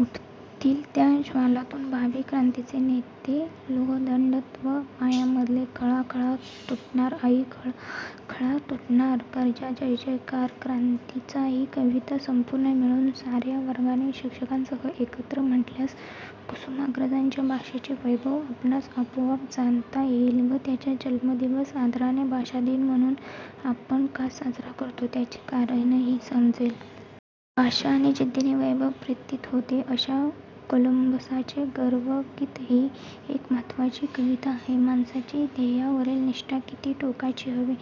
उठतिल त्या ज्वालांतुन भावी क्रांतीचे नेते लोहदंड तव पायांमधले खळाखळा तुटणार आई खळाखळा तुटणार गर्जा जयजयकार क्रांतीचा ही कविता संपूर्ण मिळवून सार्या वर्गाने शिक्षकांसह एकत्र म्हटल्यास कुसुमाग्रजांच्या भाषेचे वैभव आपणास आपोआप जाणता येईल व त्यांचा जन्मदिवस आदराने भाषा दिन म्हणून आपण का साजरा करतो, त्याचे कारणही समजेल. भाषा आणि जिद्दीने वैभव प्रतीत होते, अशी कोलंबसाचे गर्वगीत ही एक महत्त्वाची कविता आहे. माणसाची ध्येयावरील निष्ठा किती टोकाची हवी,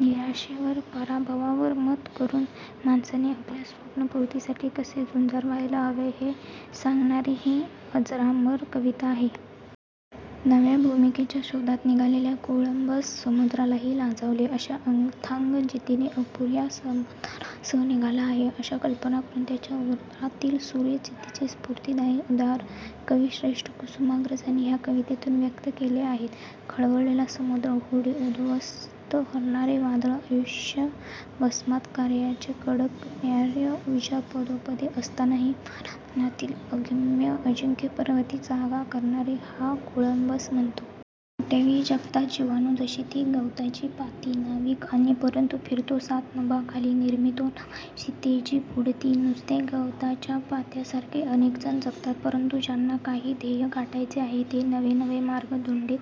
निराशेवर, पराभवावर मत करून माणसाने आपल्या स्वप्नपूर्तीसाठी कसे झुंजार व्हायला हवे हे सांगणारी ही अजरामर कविता आहे. नव्या भूमीच्या शोधात निघालेला कोलंबस समुद्रालाही लाजवेल अशा अथांग जिद्दीने अपुर्या साधनांसह निघाला आहे अशी कल्पना करून त्याच्या उरातील सूर्य जिद्दीचे स्फूर्तिदायी उद्गार कविश्रेष्ठ कुसुमाग्रजांनी ह्या कवितेतून व्यक्त केले आहेत. खवळलेला समुद्र, होडी उद्ध्वस्त करणारे वादळ, आयुष्य भस्मसात करणार्या कडकडणार्या विजा पदोपदी असतानाही मानामनांतील अगम्य, अजिंक्य प्रवृत्ती जागी करणारा हा कोलंबस म्हणतो. कोट्यवधी जगतात जिवाणू, जशी ती गवताची पाती नाविक आम्ही परंतु फिरतो सात नभांखाली निर्मितो नव क्षितिजे पुढती! नुसते गवताच्या पात्यासारखे अनेकजण जगतात, परंतु ज्यांना काही ध्येय गाठायचे आहे ते नवेनवे मार्ग धुंडीत,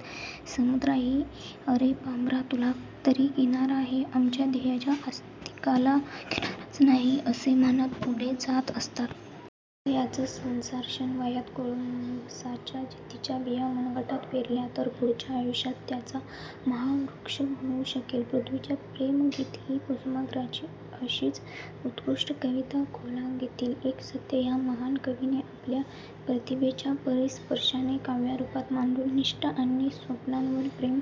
समुद्रालाही अरे पामरा, तुला तरी किनारा आहे, आमच्या ध्येयाच्या आसक्तीला किनाराच नाही असे म्हणत पुढेच जात असतात. आता याच संस्कारक्षम वयात कोलंबसाच्या जिद्दीच्या बिया मनगटात पेरल्या तर पुढच्या आयुष्यात त्याचा महावृक्ष होऊ शकेल. पृथ्वीचे प्रेमगीत ही कुसुमाग्रजांची अशीच उत्कृष्ट कविता. खगोलातील एक सत्य ह्या महान कवीने आपल्या प्रतिभेच्या परीसस्पर्शाने काव्यरूपात मांडून निष्ठा आणि स्वप्नांवर प्रेम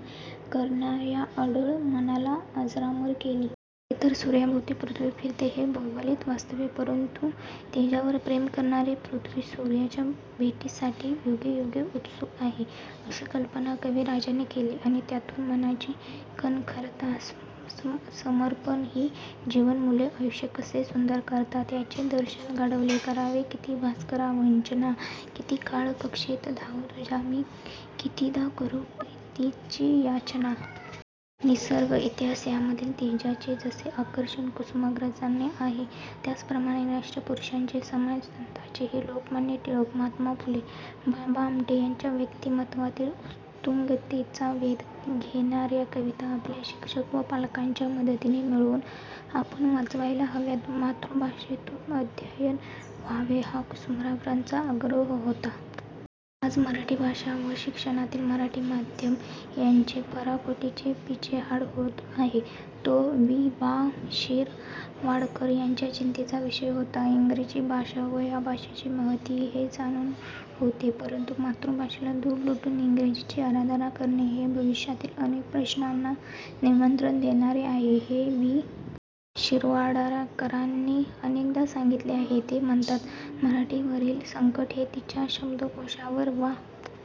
करणार्या अढळ मनाला अजरामर केले. खरे तर सूर्याभोवती पृथ्वी फिरते हे भौगोलिक वास्तव परंतु तेजावर प्रेम करणारी पृथ्वी सूर्याच्या भेटीसाठी युगेयुगे उत्सुक आहे, अशी कल्पना कविराजाने केली आणि त्यातून मनाची कणखरता, समर्पण ही जीवनमूल्ये आयुष्य कसे सुंदर करतात, याचे दर्शन घडवले करावी किती भास्करा वंचना किती काळ कक्षेत धावू तुझ्या मी कितीदा करू प्रीतिची याचना! निसर्ग, इतिहास यांमधील तेजाचे जसे आकर्षण कुसुमाग्रजांना आहे त्याप्रमाणेच राष्ट्रपुरुषांचे, समाजसंतांचेही! लोकमान्य टिळक, महात्मा फुले, बाबा आमटे यांच्या व्यक्तिमत्त्वांतील उत्तुंगतेचा वेध घेणार्या कविता आपल्या शिक्षक व पालकांच्या मदतीने मिळवून आपण वाचायला हव्यात. मातृभाषेतून अध्ययन व्हावे हा कुसुमाग्रजांचा आग्रह होता. आज मराठी भाषा व शिक्षणातील मराठी माध्यम यांची पराकोटीची पिछेहाट होत आहे. तो वि. वा. शिरवाडकर यांच्या चिंतेचा विषय होता. इंग्रजी भाषा व या भाषेची महती ते जाणून होते, परंतु मातृभाषेला दूर लोटून इंग्रजीची आराधना करणे हे भविष्यातील अनेक प्रश्नांना निमंत्रण देणारे आहे, हे वि. वा. शिरवाडकरांनी अनेकदा सांगितले आहे. ते म्हणतात, मराठीवरील संकट हे तिच्या शब्दकोशावरील वा